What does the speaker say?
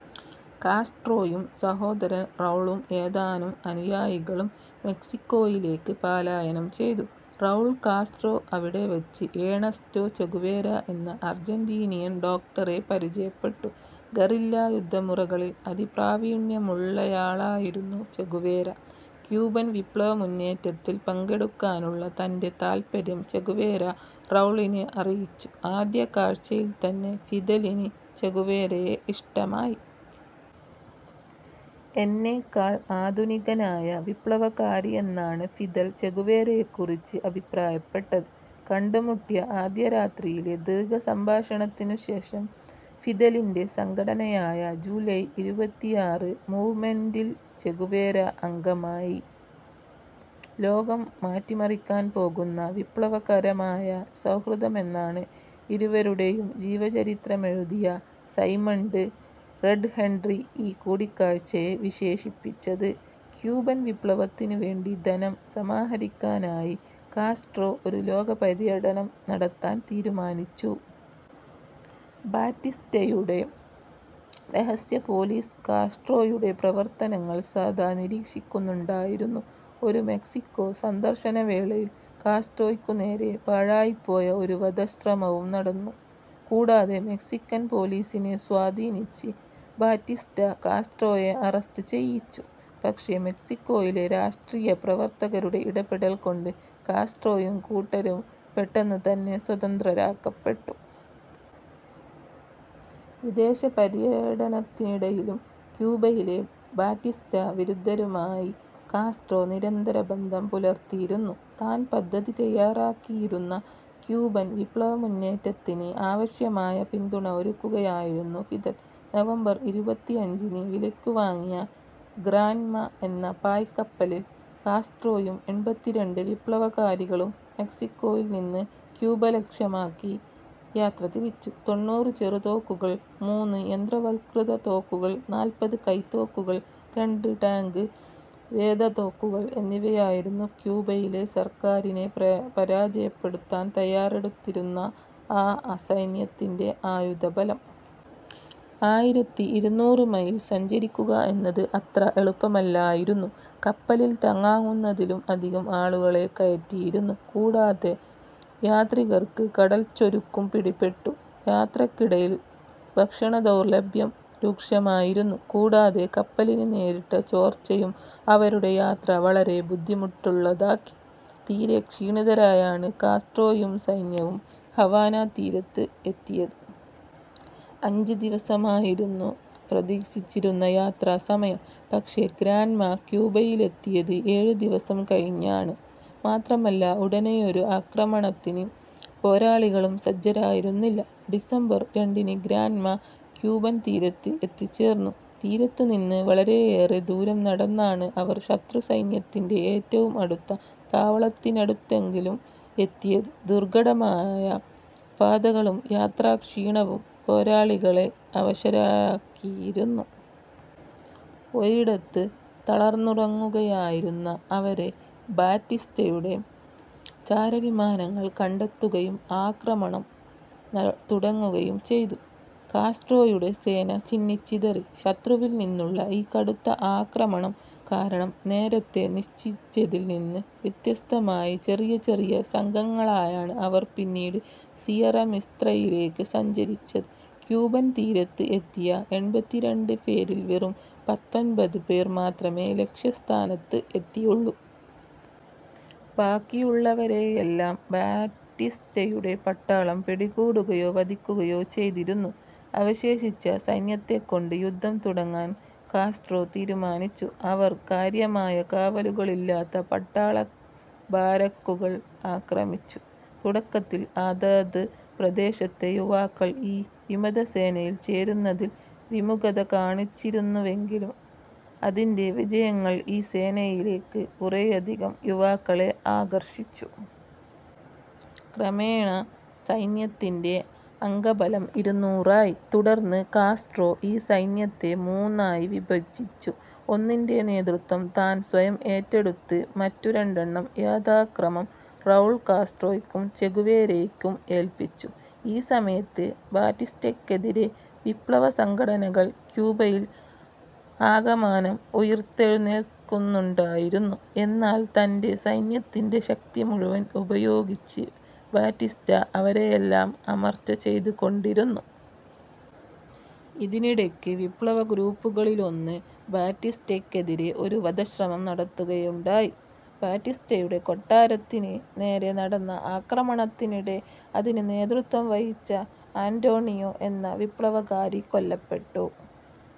കാസ്ട്രോയും സഹോദരൻ റൗളും ഏതാനം അനുയായികളും മെക്സിക്കോയിലേക്ക് പലായനം ചെയ്തു. റൗൾ കാസ്ട്രോ അവിടെവെച്ച് ഏണസ്റ്റോ ചെഗുവേര എന്ന അർജന്റീനിയൻ ഡോക്ടറെ പരിചയപ്പെട്ടു. ഗറില്ലാ യുദ്ധമുറകളിൽ അതിപ്രാവീണ്യമുള്ളയാളായിരുന്നു ചെഗുവേര. ക്യൂബൻ വിപ്ലവമുന്നേറ്റത്തിൽ പങ്കെടുക്കാനുള്ള തൻ്റെ താൽപര്യം ചെഗുവേര റൗളിനെ അറിയിച്ചു. ആദ്യ കാഴ്ചയിൽത്തന്നെ ഫിദലിന് ചെഗുവേരയെ ഇഷ്ടമായി. എന്നേക്കാൾ ആധുനികനായ വിപ്ലവകാരിയെന്നാണ് ഫിദൽ ചെഗുവേരയെക്കുറിച്ച് അഭിപ്രായപ്പെട്ടത്. കണ്ടുമുട്ടിയ ആദ്യരാത്രിയിലെ ദീർഘസംഭാഷണത്തിനുശേഷം ഫിദലിൻ്റെ സംഘടനയായ ജൂലൈ ഇരുപത്തിയാറ് മൂവ്മെൻറ്റിൽ ചെഗുവേര അംഗമായി. ലോകം മാറ്റിമറിക്കാൻ പോകുന്ന വിപ്ലവകരമായ സൗഹൃദമെന്നാണ് ഇരുവരുടെയും ജീവചരിത്രമെഴുതിയ സൈമണ്ട് റെഡ് ഹെൻട്രി ഈ കൂടിക്കാഴ്ചയെ വിശേഷിപ്പിച്ചത്. ക്യൂബൻ വിപ്ലവത്തിനുവേണ്ടി ധനം സമാഹരിക്കാനായി കാസ്ട്രോ ഒരു ലോകപര്യടനം നടത്താൻ തീരുമാനിച്ചു. ബാറ്റിസ്റ്റയുടെ രഹസ്യ പോലീസ് കാസ്ട്രോയുടെ പ്രവർത്തനങ്ങൾ സദാ നിരീക്ഷിക്കുന്നുണ്ടായിരുന്നു. ഒരു മെക്സിക്കോ സന്ദർശനവേളയിൽ കാസ്ട്രോയ്ക്കുനേരെ പാഴായിപ്പോയ ഒരു വധശ്രമവും നടന്നു. കൂടാതെ, മെക്സിക്കൻ പോലീസിനെ സ്വാധീനിച്ച് ബാറ്റിസ്റ്റ കാസ്ട്രോയെ അറസ്റ്റ് ചെയ്യിച്ചു. പക്ഷേ, മെക്സിക്കോയിലെ രാഷ്ട്രീയ പ്രവർത്തകരുടെ ഇടപെടൽ കൊണ്ട് കാസ്ട്രോയും കൂട്ടരും പെട്ടെന്ന് തന്നെ സ്വതന്ത്രരാക്കപ്പെട്ടു. വിദേശപര്യടനത്തിനിടയിലും ക്യൂബയിലെ ബാറ്റിസ്റ്റ വിരുദ്ധരുമായി കാസ്ട്രോ നിരന്തരബന്ധം പുലർത്തിയിരുന്നു. താൻ പദ്ധതി തയ്യാറാക്കിയിരുന്ന ക്യൂബൻ വിപ്ലവമുന്നേറ്റത്തിന് ആവശ്യമായ പിന്തുണ ഒരുക്കുകയായിരുന്നു ഫിദൽ. നവംബർ ഇരുപത്തിയഞ്ചിന് വിലയ്ക്കു വാങ്ങിയ ഗ്രാൻമ എന്ന പായ്ക്കപ്പലിൽ കാസ്ട്രോയും എൺപത്തിരണ്ട് വിപ്ലവകാരികളും മെക്സിക്കോയിൽ നിന്ന് ക്യൂബ ലക്ഷ്യമാക്കി യാത്രതിരിച്ചു. തൊണ്ണൂറ് ചെറുതോക്കുകൾ മൂന്ന് യന്ത്രവൽകൃത തോക്കുകൾ നാൽപ്പത് കൈത്തോക്കുകൾ രണ്ട് ടാങ്ക് വേധ തോക്കുകൾ എന്നിവയായിരുന്നു ക്യൂബയിലെ സർക്കാരിനെ പരാജയപ്പെടുത്താൻ തയ്യാറെടുത്തിരുന്ന ആ സൈന്യത്തിൻ്റെ ആയുധബലം. ആയിരത്തി ഇരുനൂറ് മൈൽ സഞ്ചരിക്കുക എന്നത് അത്ര എളുപ്പമല്ലായിരുന്നു. കപ്പലിൽ താങ്ങാവുന്നതിലും അധികം ആളുകളെ കയറ്റിയിരുന്നു. കൂടാതെ, യാത്രികർക്ക് കടൽച്ചൊരുക്കും പിടിപെട്ടു. യാത്രക്കിടയിൽ ഭക്ഷണദൗർലഭ്യം രൂക്ഷമായിരുന്നു. കൂടാതെ, കപ്പലിന് നേരിട്ട ചോർച്ചയും അവരുടെ യാത്ര വളരെ ബുദ്ധിമുട്ടുള്ളതാക്കി. തീരെ ക്ഷീണിതരായാണ് കാസ്ട്രോയും സൈന്യവും ഹവാന തീരത്ത് എത്തിയത്. അഞ്ച് ദിവസമായിരുന്നു പ്രതീക്ഷിച്ചിരുന്ന യാത്രാസമയം. പക്ഷേ ഗ്രാൻമ ക്യൂബയിലെത്തിയത് ഏഴ് ദിവസം കഴിഞ്ഞാണ്. മാത്രമല്ല ഉടനെയൊരു ആക്രമണത്തിന് പോരാളികളും സജ്ജരായിരുന്നില്ല. ഡിസംബർ രണ്ടിന് ഗ്രാൻമ ക്യൂബൻ തീരത്ത് എത്തിച്ചേർന്നു. തീരത്തുനിന്ന് വളരെയേറെ ദൂരം നടന്നാണ് അവർ ശത്രുസൈന്യത്തിൻ്റെ ഏറ്റവും അടുത്ത താവളത്തിനടുത്തെങ്കിലും എത്തിയത്. ദുർഘടമായ പാതകളും യാത്രാക്ഷീണവും പോരാളികളെ അവശരാക്കിയിരുന്നു. ഒരിടത്ത് തളർന്നുറങ്ങുകയായിരുന്ന അവരെ ബാറ്റിസ്റ്റയുടെ ചാരവിമാനങ്ങൾ കണ്ടെത്തുകയും ആക്രമണം തുടങ്ങുകയും ചെയ്തു. കാസ്ട്രോയുടെ സേന ചിന്നിച്ചിതറി. ശത്രുവിൽ നിന്നുള്ള ഈ കടുത്ത ആക്രമണം കാരണം നേരത്തേ നിശ്ചയിച്ചതിൽ നിന്ന് വ്യത്യസ്തമായി ചെറിയ ചെറിയ സംഘങ്ങളായാണ് അവർ പിന്നീട് സിയറ മിസ്ത്രയിലേക്ക് സഞ്ചരിച്ചത്. ക്യൂബൻ തീരത്ത് എത്തിയ എൺപത്തിരണ്ട് പേരിൽ വെറും പത്തൊൻപത് പേർ മാത്രമേ ലക്ഷ്യസ്ഥാനത്ത് എത്തിയുള്ളു. ബാക്കിയുള്ളവരെയെല്ലാം ബാറ്റിസ്റ്റയുടെ പട്ടാളം പിടികൂടുകയോ വധിക്കുകയോ ചെയ്തിരുന്നു. അവശേഷിച്ച സൈന്യത്തെക്കൊണ്ട് യുദ്ധം തുടങ്ങാൻ കാസ്ട്രോ തീരുമാനിച്ചു. അവർ കാര്യമായ കാവലുകളില്ലാത്ത പട്ടാള ബാരക്കുകൾ ആക്രമിച്ചു. തുടക്കത്തിൽ അതത് പ്രദേശത്തെ യുവാക്കൾ ഈ വിമതസേനയിൽ ചേരുന്നതിൽ വിമുഖത കാണിച്ചിരുന്നുവെങ്കിലും, അതിൻ്റെ വിജയങ്ങൾ ഈ സേനയിലേക്ക് കുറെയധികം യുവാക്കളെ ആകർഷിച്ചു. ക്രമേണ സൈന്യത്തിൻ്റെ അംഗബലം ഇരുന്നൂറായി. തുടർന്ന് കാസ്ട്രോ ഈ സൈന്യത്തെ മൂന്നായി വിഭജിച്ചു. ഒന്നിൻ്റെ നേതൃത്വം താൻ സ്വയം ഏറ്റെടുത്ത് മറ്റു രണ്ടെണ്ണം യഥാക്രമം റൗൾ കാസ്ട്രോയ്ക്കും ചെഗുവേരയ്ക്കും ഏൽപ്പിച്ചു. ഈ സമയത്ത് ബാറ്റിസ്റ്റക്കെതിരെ വിപ്ലവസംഘടനകൾ ക്യൂബയിൽ ആകമാനം ഉയിർത്തെഴുന്നേൽക്കുന്നുണ്ടായിരുന്നു. എന്നാൽ തൻ്റെ സൈന്യത്തിൻ്റെ ശക്തി മുഴുവൻ ഉപയോഗിച്ച് ബാറ്റിസ്റ്റ അവരെയെല്ലാം അമർച്ച ചെയ്തുകൊണ്ടിരുന്നു. ഇതിനിടയ്ക്ക് വിപ്ലവഗ്രൂപ്പുകളിലൊന്ന് ബാറ്റിസ്റ്റക്കെതിരെ ഒരു വധശ്രമം നടത്തുകയുണ്ടായി. ബാറ്റിസ്റ്റയുടെ കൊട്ടാരത്തിന് നേരെ നടന്ന ആക്രമണത്തിനിടെ അതിന് നേതൃത്വം വഹിച്ച ആന്റോണിയോ എന്ന വിപ്ലവകാരി കൊല്ലപ്പെട്ടു.